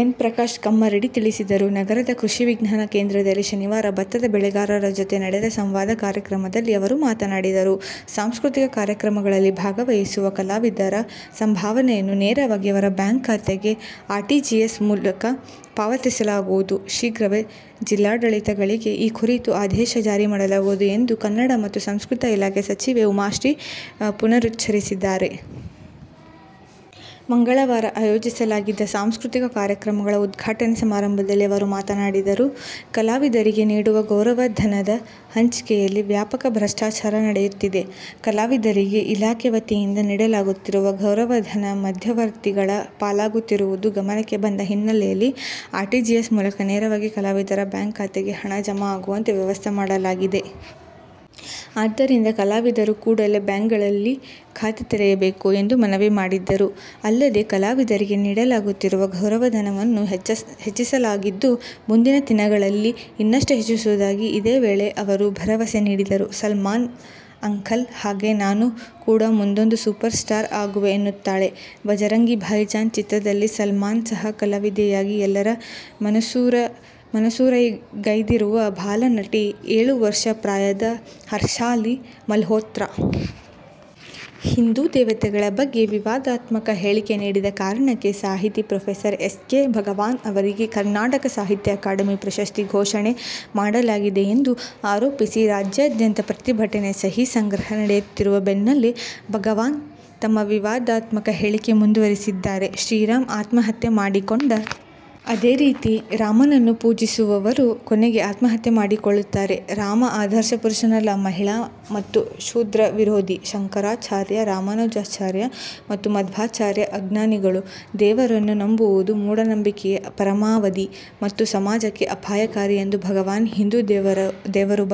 N. Prakash Kammaradi ತಿಳಿಸಿದರು. ನಗರದ ಕೃಷಿ ವಿಜ್ಞಾನ ಕೇಂದ್ರದಲ್ಲಿ ಶನಿವಾರ ಭತ್ತದ ಬೆಳೆಗಾರರ ಜೊತೆ ನಡೆದ ಸಂವಾದ ಕಾರ್ಯಕ್ರಮದಲ್ಲಿ ಅವರು ಮಾತನಾಡಿದರು. ಸಾಂಸ್ಕೃತಿಕ ಕಾರ್ಯಕ್ರಮಗಳಲ್ಲಿ ಭಾಗವಹಿಸುವ ಕಲಾವಿದರ ಸಂಭಾವನೆಯನ್ನು ನೇರವಾಗಿ ಅವರ ಬ್ಯಾಂಕ್ ಖಾತೆಗೆ ಆರ್ಟಿಜಿಎಸ್ ಮೂಲಕ ಪಾವತಿಸಲಾಗುವುದು. ಶೀಘ್ರವೇ ಜಿಲ್ಲಾಡಳಿತಗಳಿಗೆ ಈ ಕುರಿತು ಆದೇಶ ಜಾರಿ ಮಾಡಲಾಗುವುದು ಎಂದು ಕನ್ನಡ ಮತ್ತು ಸಂಸ್ಕೃತಿ ಇಲಾಖೆ ಸಚಿವೆ ಉಮಾಶ್ರೀ ಪುನರುಚ್ಚರಿಸಿದ್ದಾರೆ. ಮಂಗಳವಾರ ಆಯೋಜಿಸಲಾಗಿದ್ದ ಸಾಂಸ್ಕೃತಿಕ ಕಾರ್ಯಕ್ರಮಗಳ ಉದ್ಘಾಟನಾ ಸಮಾರಂಭದಲ್ಲಿ ಅವರು ಮಾತನಾಡಿದರು. ಕಲಾವಿದರಿಗೆ ನೀಡುವ ಗೌರವಧನದ ಹಂಚಿಕೆಯಲ್ಲಿ ವ್ಯಾಪಕ ಭ್ರಷ್ಟಾಚಾರ ನಡೆಯುತ್ತಿದೆ. ಕಲಾವಿದರಿಗೆ ಇಲಾಖೆ ವತಿಯಿಂದ ನೀಡಲಾಗುತ್ತಿರುವ ಗೌರವಧನ ಮಧ್ಯವರ್ತಿಗಳ ಪಾಲಾಗುತ್ತಿರುವುದು ಗಮನಕ್ಕೆ ಬಂದ ಹಿನ್ನೆಲೆಯಲ್ಲಿ ಆರ್ಟಿಜಿಎಸ್ ಮೂಲಕ ನೇರವಾಗಿ ಕಲಾವಿದರ ಬ್ಯಾಂಕ್ ಖಾತೆಗೆ ಹಣ ಜಮಾ ಆಗುವಂತೆ ವ್ಯವಸ್ಥೆ ಮಾಡಲಾಗಿದೆ. ಆದ್ದರಿಂದ ಕಲಾವಿದರು ಕೂಡಲೇ ಬ್ಯಾಂಕ್ಗಳಲ್ಲಿ ಖಾತೆ ತೆರೆಯಬೇಕು ಎಂದು ಮನವಿ ಮಾಡಿದರು. ಅಲ್ಲದೆ, ಕಲಾವಿದರಿಗೆ ನೀಡಲಾಗುತ್ತಿರುವ ಗೌರವಧನವನ್ನು ಹೆಚ್ಚಿಸಲಾಗಿದ್ದು, ಮುಂದಿನ ದಿನಗಳಲ್ಲಿ ಇನ್ನಷ್ಟು ಹೆಚ್ಚಿಸುವುದಾಗಿ ಇದೇ ವೇಳೆ ಅವರು ಭರವಸೆ ನೀಡಿದರು. "ಸಲ್ಮಾನ್ ಅಂಕಲ್ ಹಾಗೆ ನಾನು ಕೂಡ ಮುಂದೊಂದು ಸೂಪರ್ ಸ್ಟಾರ್ ಅಗುವೆ' ಎನ್ನುತ್ತಾಳೆ "ಬಜರಂಗಿ ಭಾಯಿಜಾನ್' ಚಿತ್ರದಲ್ಲಿ ಸಲ್ಮಾನ್ ಸಹ ಕಲಾವಿದೆಯಾಗಿ ಎಲ್ಲರ ಮನಸೂರೆಗೈದಿರುವ ಬಾಲ ನಟಿ, ಏಳು ವರ್ಷ ಪ್ರಾಯದ ಹರ್ಷಾಲಿ ಮಲ್ಹೋತ್ರಾ. ಹಿಂದೂ ದೇವತೆಗಳ ಬಗ್ಗೆ ವಿವಾದಾತ್ಮಕ ಹೇಳಿಕೆ ನೀಡಿದ ಕಾರಣಕ್ಕೆ ಸಾಹಿತಿ ಪ್ರೊ. ಎಸ್. ಕೆ. ಭಗವಾನ್ ಅವರಿಗೆ ಕರ್ನಾಟಕ ಸಾಹಿತ್ಯ ಅಕಾಡೆಮಿ ಪ್ರಶಸ್ತಿ ಘೋಷಣೆ ಮಾಡಲಾಗಿದೆ ಎಂದು ಆರೋಪಿಸಿ ರಾಜ್ಯಾದ್ಯಂತ ಪ್ರತಿಭಟನೆ, ಸಹಿ ಸಂಗ್ರಹ ನಡೆಯುತ್ತಿರುವ ಬೆನ್ನಲ್ಲೇ ಭಗವಾನ್ ತಮ್ಮ ವಿವಾದಾತ್ಮಕ ಹೇಳಿಕೆ ಮುಂದುವರಿಸಿದ್ದಾರೆ. ಶ್ರೀರಾಮ ಆತ್ಮಹತ್ಯೆ ಮಾಡಿಕೊಂಡ. ಅದೇ ರೀತಿ ರಾಮನನ್ನು ಪೂಜಿಸುವವರು ಕೊನೆಗೆ ಆತ್ಮಹತ್ಯೆ ಮಾಡಿಕೊಳ್ಳುತ್ತಾರೆ. ರಾಮ ಆದರ್ಶ ಪುರುಷನಲ್ಲ, ಮಹಿಳಾ ಮತ್ತು ಶೂದ್ರ ವಿರೋಧಿ. ಶಂಕರಾಚಾರ್ಯ, ರಾಮಾನುಜಾಚಾರ್ಯ ಮತ್ತು ಮಧ್ವಾಚಾರ್ಯರು ಅಜ್ಞಾನಿಗಳು. ದೇವರನ್ನು ನಂಬುವುದು ಮೂಢನಂಬಿಕೆಯ ಪರಮಾವಧಿ ಮತ್ತು ಸಮಾಜಕ್ಕೆ ಅಪಾಯಕಾರಿ ಎಂದು ಭಗವಾನ್ ಹಿಂದೂ ದೇವರು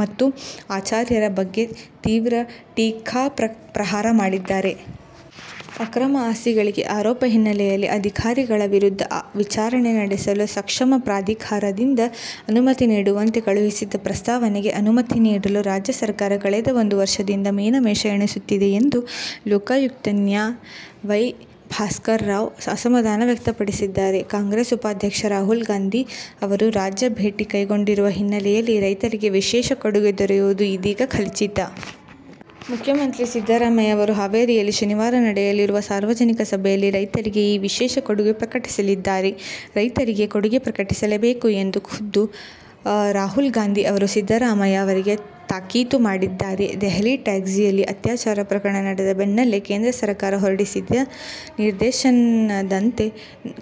ಮತ್ತು ಆಚಾರ್ಯರ ಬಗ್ಗೆ ತೀವ್ರ ಟೀಕಾಪ್ರಹಾರ ಮಾಡಿದ್ದಾರೆ. ಅಕ್ರಮ ಆಸ್ತಿ ಗಳಿಕೆ ಆರೋಪ ಹಿನ್ನೆಲೆಯಲ್ಲಿ ಅಧಿಕಾರಿಗಳ ವಿರುದ್ಧ ವಿಚಾರಣೆ ನಡೆಸಲು ಸಕ್ಷಮ ಪ್ರಾಧಿಕಾರದಿಂದ ಅನುಮತಿ ನೀಡುವಂತೆ ಕಳುಹಿಸಿದ್ದ ಪ್ರಸ್ತಾವನೆಗೆ ಅನುಮತಿ ನೀಡಲು ರಾಜ್ಯ ಸರ್ಕಾರ ಕಳೆದ ಒಂದು ವರ್ಷದಿಂದ ಮೀನಮೇಷ ಎಣಿಸುತ್ತಿದೆ ಎಂದು ಲೋಕಾಯುಕ್ತ ನ್ಯಾ. ವೈ. ಭಾಸ್ಕರ್ರಾವ್ ಅಸಮಾಧಾನ ವ್ಯಕ್ತಪಡಿಸಿದ್ದಾರೆ. ಕಾಂಗ್ರೆಸ್ ಉಪಾಧ್ಯಕ್ಷ ರಾಹುಲ್ ಗಾಂಧಿ ಅವರು ರಾಜ್ಯ ಭೇಟಿ ಕೈಗೊಂಡಿರುವ ಹಿನ್ನೆಲೆಯಲ್ಲಿ ರೈತರಿಗೆ ವಿಶೇಷ ಕೊಡುಗೆ ದೊರೆಯುವುದು ಇದೀಗ ಖಚಿತ. ಮುಖ್ಯಮಂತ್ರಿ ಸಿದ್ದರಾಮಯ್ಯ ಅವರು ಹಾವೇರಿಯಲ್ಲಿ ಶನಿವಾರ ನಡೆಯಲಿರುವ ಸಾರ್ವಜನಿಕ ಸಭೆಯಲ್ಲಿ ರೈತರಿಗೆ ಈ ವಿಶೇಷ ಕೊಡುಗೆ ಪ್ರಕಟಿಸಲಿದ್ದಾರೆ. ರೈತರಿಗೆ ಕೊಡುಗೆ ಪ್ರಕಟಿಸಲೇಬೇಕು ಎಂದು ಖುದ್ದು ರಾಹುಲ್ ಗಾಂಧಿ ಅವರು ಸಿದ್ದರಾಮಯ್ಯ ಅವರಿಗೆ ತಾಕೀತು ಮಾಡಿದ್ದಾರೆ. ದೆಹಲಿ ಟ್ಯಾಕ್ಸಿಯಲ್ಲಿ ಅತ್ಯಾಚಾರ ಪ್ರಕರಣ ನಡೆದ ಬೆನ್ನಲ್ಲೇ ಕೇಂದ್ರ ಸರ್ಕಾರ ಹೊರಡಿಸಿದ ನಿರ್ದೇಶನದಂತೆ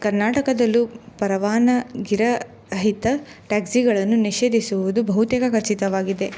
ಕರ್ನಾಟಕದಲ್ಲೂ ಪರವಾನಗಿರಹಿತ ಟ್ಯಾಕ್ಸಿಗಳನ್ನು ನಿಷೇಧಿಸುವುದು ಬಹುತೇಕ ಖಚಿತವಾಗಿದೆ.